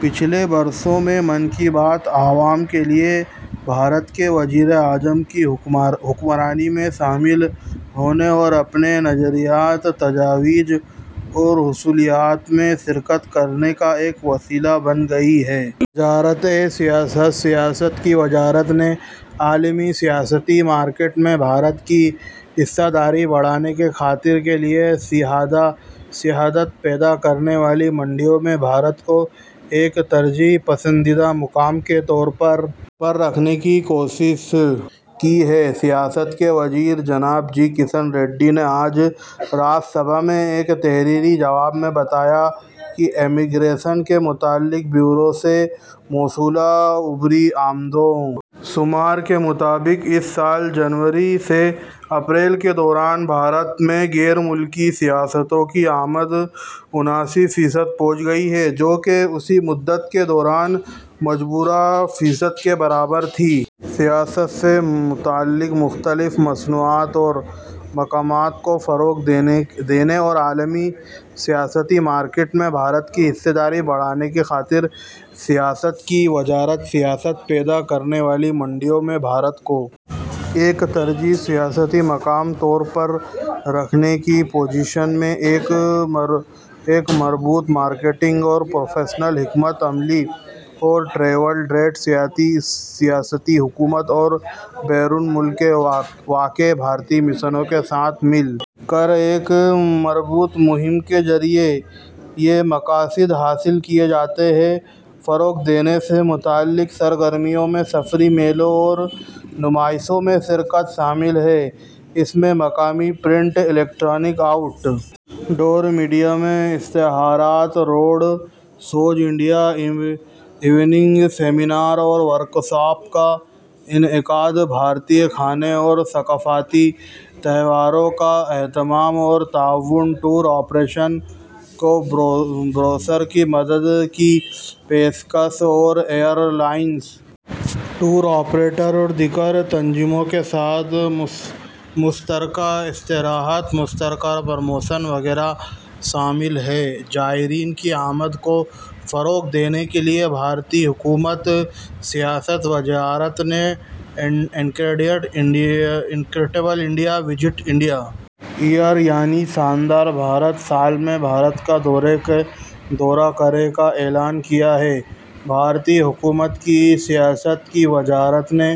پچھلے برسوں میں من کی بات عوام کے لیے بھارت کے وزیر اعظم کی حکمرانی میں شامل ہونے اور اپنے نظریات تجاویز اور حصولیابیوں میں شرکت کرنے کا ایک وسیلہ بن گئی ہے وزارت سیاحت سیاحت کی وزارت نے عالمی سیاحتی مارکیٹ میں بھارت کی حصہ داری بڑھانے کی خاطر کے لیے سیاحت پیدا کرنے والی منڈیوں میں بھارت کو ایک ترجیحی پسندیدہ مقام کے طور پر رکھنے کی کوشش کی ہے سیاحت کے وزیر جناب جی کشن ریڈی نے آج راجیہ سبھا میں ایک تحریری جواب میں بتایا کہ امیگریشن سے متعلق بیورو سے موصولہ عبوری اعداد و شمار کے مطابق اس سال جنوری سے اپریل کے دوران بھارت میں غیر ملکی سیاحوں کی آمد اناسی فیصد پہنچ گئی ہے جو کہ اسی مدت کے دوران مذکورہ فیصد کے برابر تھی سیاحت سے متعلق مختلف مصنوعات اور مقامات کو فروغ دینے اور عالمی سیاحتی مارکیٹ میں بھارت کی حصہ داری بڑھانے کی خاطر سیاحت کی وزارت سیاحت پیدا کرنے والی منڈیوں میں بھارت کو ایک ترجیحی سیاحتی مقام کے طور پر رکھنے کی پوزیشن میں ہے ایک مربوط مارکیٹنگ اور پروموشنل حکمت عملی اور ٹریول ٹریڈ ریاستی حکومتوں اور بیرون ملک واقع بھارتی مشنوں کے ساتھ مل کر ایک مربوط مہم کے ذریعے یہ مقاصد حاصل کیے جاتے ہیں فروغ دینے سے متعلق سرگرمیوں میں سفری میلوں اور نمائشوں میں شرکت شامل ہے اس میں مقامی پرنٹ الیکٹرانک اور آؤٹ ڈور میڈیا میں اشتہارات road shows India evenings seminar اور ورکشاپس کا انعقاد بھارتی کھانے اور ثقافتی تہواروں کا اہتمام اور تعاون ٹور آپریٹرز کو بروشر کی مدد کی پیشکش اور ایئر لائنز ٹور آپریٹرز اور دیگر تنظیموں کے ساتھ مشترکہ اشتہارات مشترکہ پروموشنز وغیرہ شامل ہیں زائرین کی آمد کو فروغ دینے کے لیے بھارتی حکومت کی سیاحت کی وزارت نے incredible India visit India year یعنی شاندار بھارت سال میں بھارت کا دورہ کریں کا اعلان کیا ہے بھارتی حکومت کی سیاحت کی وزارت نے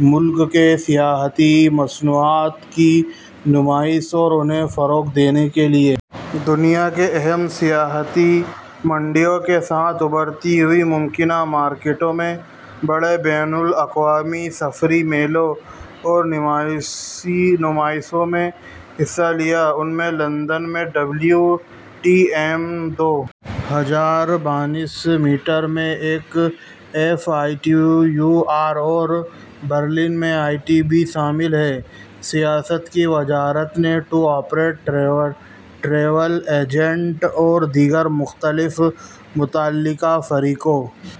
ملک کے سیاحتی مصنوعات کی نمائش اور انہیں فروغ دینے کے لیے دنیا کے اہم سیاحتی منڈیوں کے ساتھ ساتھ ابھرتی ہوئی اور ممکنہ مارکیٹوں میں بڑے بین الاقوامی سفری میلوں اور نمائشوں میں حصہ لیا ہے ان میں لندن میں ڈبلیو ٹی ایم دو ہزار بائیس میڈرڈ میں F I T U R اور برلن میں آئی ٹی بی شامل ہیں سیاحت کی وزارت نے ٹور آپریٹرز ٹریول ایجنٹس اور دیگر مختلف متعلقہ فریقوں